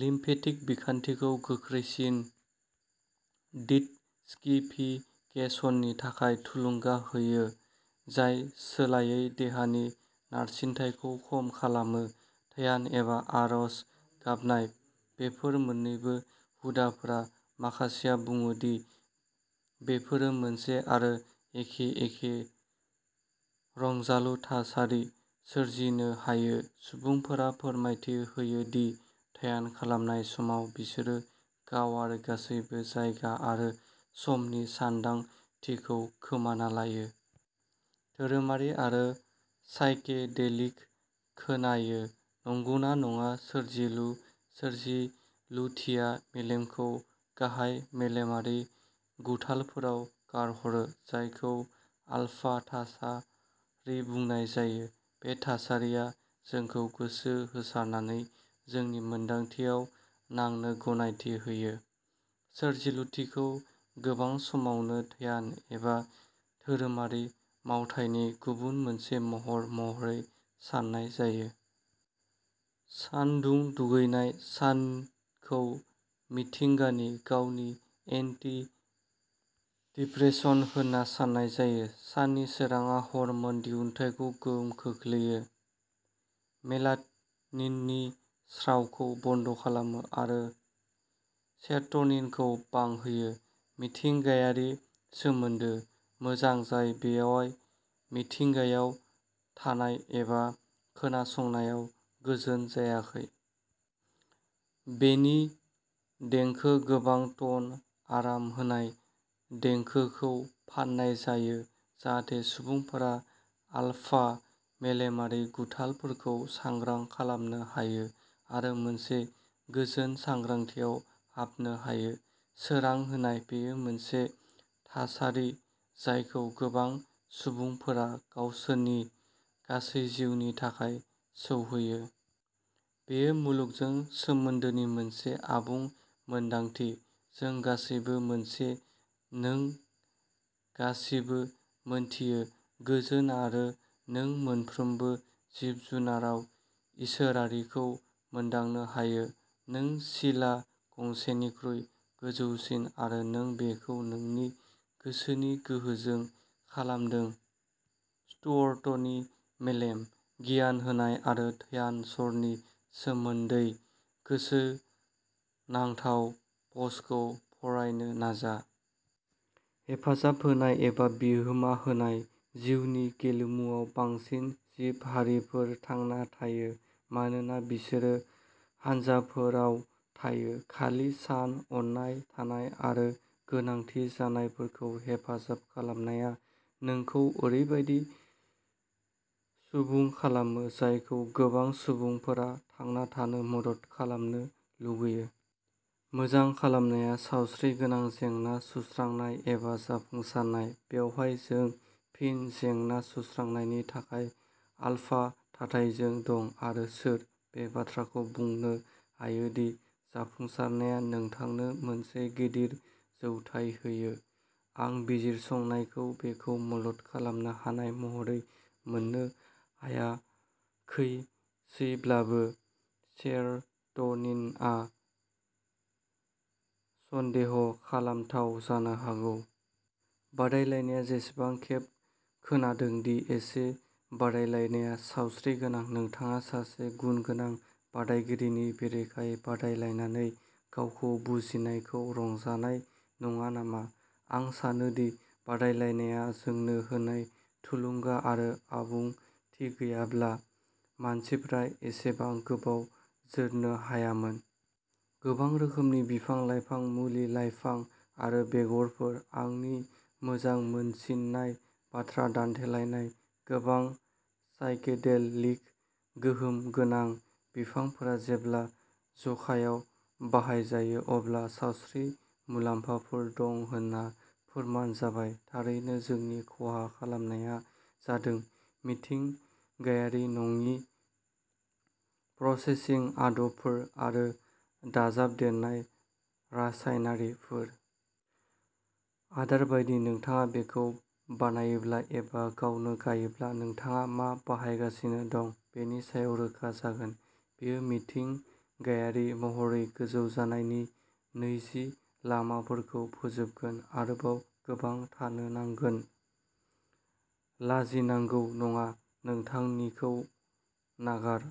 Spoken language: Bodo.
लिम्फेटिक बिखान्थिखौ गोख्रैसिन डिटक्सिफिकेसननि थाखाय थुलुंगा होयो, जाय सोलायै देहानि नारसिनथायखौ खम खालामो। ध्यान एबा आरज गाबनाय। बेफोर मोन्नैबो हुदाफोरा, माखासेया बुङो दि बेफोरो मोनसे आरो एखे, एखे रंजालु थासारि सोरजिनो हायो। सुबुंफोरा फोरमायथि होयो दि ध्यान खालामनाय समाव बिसोरो गाव आरो गासैबो जायगा आरो समनि सानदांथिखौ खोमाना लायो। धोरोमारि आरो साइकेडेलिक खोनायो, नंगौना नङा? सोरजिलु। सोरजिलुथिया मेलेमखौ गाहाय मेलेमारि गुथालफोराव गारहरो जायखौ आलफा थासारि बुंनाय जायो। बे थासारिया जोंखौ गोसो होसारनानै जोंनि मोनदांथियाव नांनो गनायथि होयो। सोरजिलुथिखौ गोबां समावनो ध्यान एबा धोरोमारि मावथायनि गुबुन मोनसे महर महरै साननाय जायो। सानदुं दुगैनाय। सानखौ मिथिंगानि गावनि एन्टि-डिप्रेसेन्ट होनना साननाय जायो। साननि सोरांआ हर्मोन दिहुनथायखौ गोहोम खोख्लैयो, मेलाट'निननि स्रावखौ बन्द खालामो आरो सेर'ट'निनखौ बांहोयो। मिथिंगायारि सोमोन्दो। मोजां, जाय बेयाव मिथिंगायाव थानाय एबा खोनासंनायाव गोजोन जायाखै। बेनि देंखो गोबां टन आराम होनाय देंखोखौ फाननाय जायो जाहाथे सुबुंफोरा आलफा मेलेमारि गुथालफोरखौ सांग्रां खालामनो हायो आरो मोनसे गोजोन सांग्रांथियाव हाबनो हायो। सोरां होनाय। बेयो मोनसे थासारि जायखौ गोबां सुबुंफोरा गावसोरनि गासै जिउनि थाखाय सहैयो। बेयो मुलुगजों सोमोन्दोनि मोनसे आबुं मोनदांथि। जों गासैबो मोनसे नों गासिबो मिन्थियो गोजोन आरो नों मोनफ्रोमबो जिब-जुनाराव इसोरारिखौ मोनदांनो हायो। नों सिला गंसेनिख्रुइ गोजौसिन आरो नों बेखौ नोंनि गोसोनि गोहोजों खालामदों स्टुअर्टनि मेलेम, गियान होनाय आरो ध्यान सर'नि सोमोनदै गोसोनांथाव पस्टखौ फरायनो नाजा। हेफाजाब होनाय एबा बिहोमा होनाय। जिउनि गेलेमुआव, बांसिन जिब-हारिफोर थांना थायो मानोना बिसोरो हानजाफोराव थायो। खालि सान, अननाय थानाय आरो गोनांथि जानायफोरखौ हेफाजाब खालामनाया नोंखौ ओरैबायदि सुबुं खालामो जायखौ गोबां सुबुंफोरा थांना थानो मदद खालामनो लुबैयो। मोजां खालामनाया सावस्रिगोनां जेंना-सुस्रांनाय एबा जाफुंसारनाय। बेवहाय जों फिन जेंना-सुस्रांनायनि थाखाय आलफा थाथायजों दं। आरो सोर? बे बाथ्राखौ बुंनो हायो दि जाफुंसारनाया नोंथांनो मोनसे गिदिर जौथाय होयो? आं बिजिरसंनायखौ बेखौ मदद खालामनो हानाय महरै मोननो हायाखैसैब्लाबो, सेर'ट'निनआ सन्देह खालामथाव जानो हागौ। बादायलायनाया बेसेबां खेब खोनादों दि एसे बादायलायनाया सावस्रिगोनां, नोंथाङा सासे गुनगोनां बादायगिरिनि बेरेखायै बादायलायनानै गावखौ जुजिनायखौ रंजानाय नङा नामा? आं सानो दि बादायलायनाया जोंनो होनाय थुलुंगा आरो आबुंथि गैयाब्ला मानसिफ्रा एसेबां गोबाव जोरनो हायामोन। गोबां रोखोमनि बिफां-लाइफां, मुलि-लाइफां आरो बेगरफोर। आंनि मोजां मोनसिननाय बाथ्रा दान्थेलायनाय गोबां साइकेडेलिक गोहोम गोनां बिफांफोरा जेब्ला जखायाव बाहायजायो अब्ला सावस्रि मुलाम्फाफोर दं होनना फोरमान जाबाय। थारैनो जोंनि खहा खालामनाया जादों मिथिंगायारि नङि प्रसेसिं आदबफोर आरो दाजाबदेरनाय रासायनारिफोर। आदार बायदि, नोंथाङा बेखौ बानायोब्ला एबा गावनो गायोब्ला, नोंथाङा मा बाहायगासिनो दं बेनि सायाव रोखा जागोन। बेयो मिथिंगायारि महरै गोजौ जानायनि नैजि लामाफोरखौ फोजोबगोन। आरोबाव गोबां थानो नांगोन। लाजिनांगौ नङा नोंथांनिखौ नागार।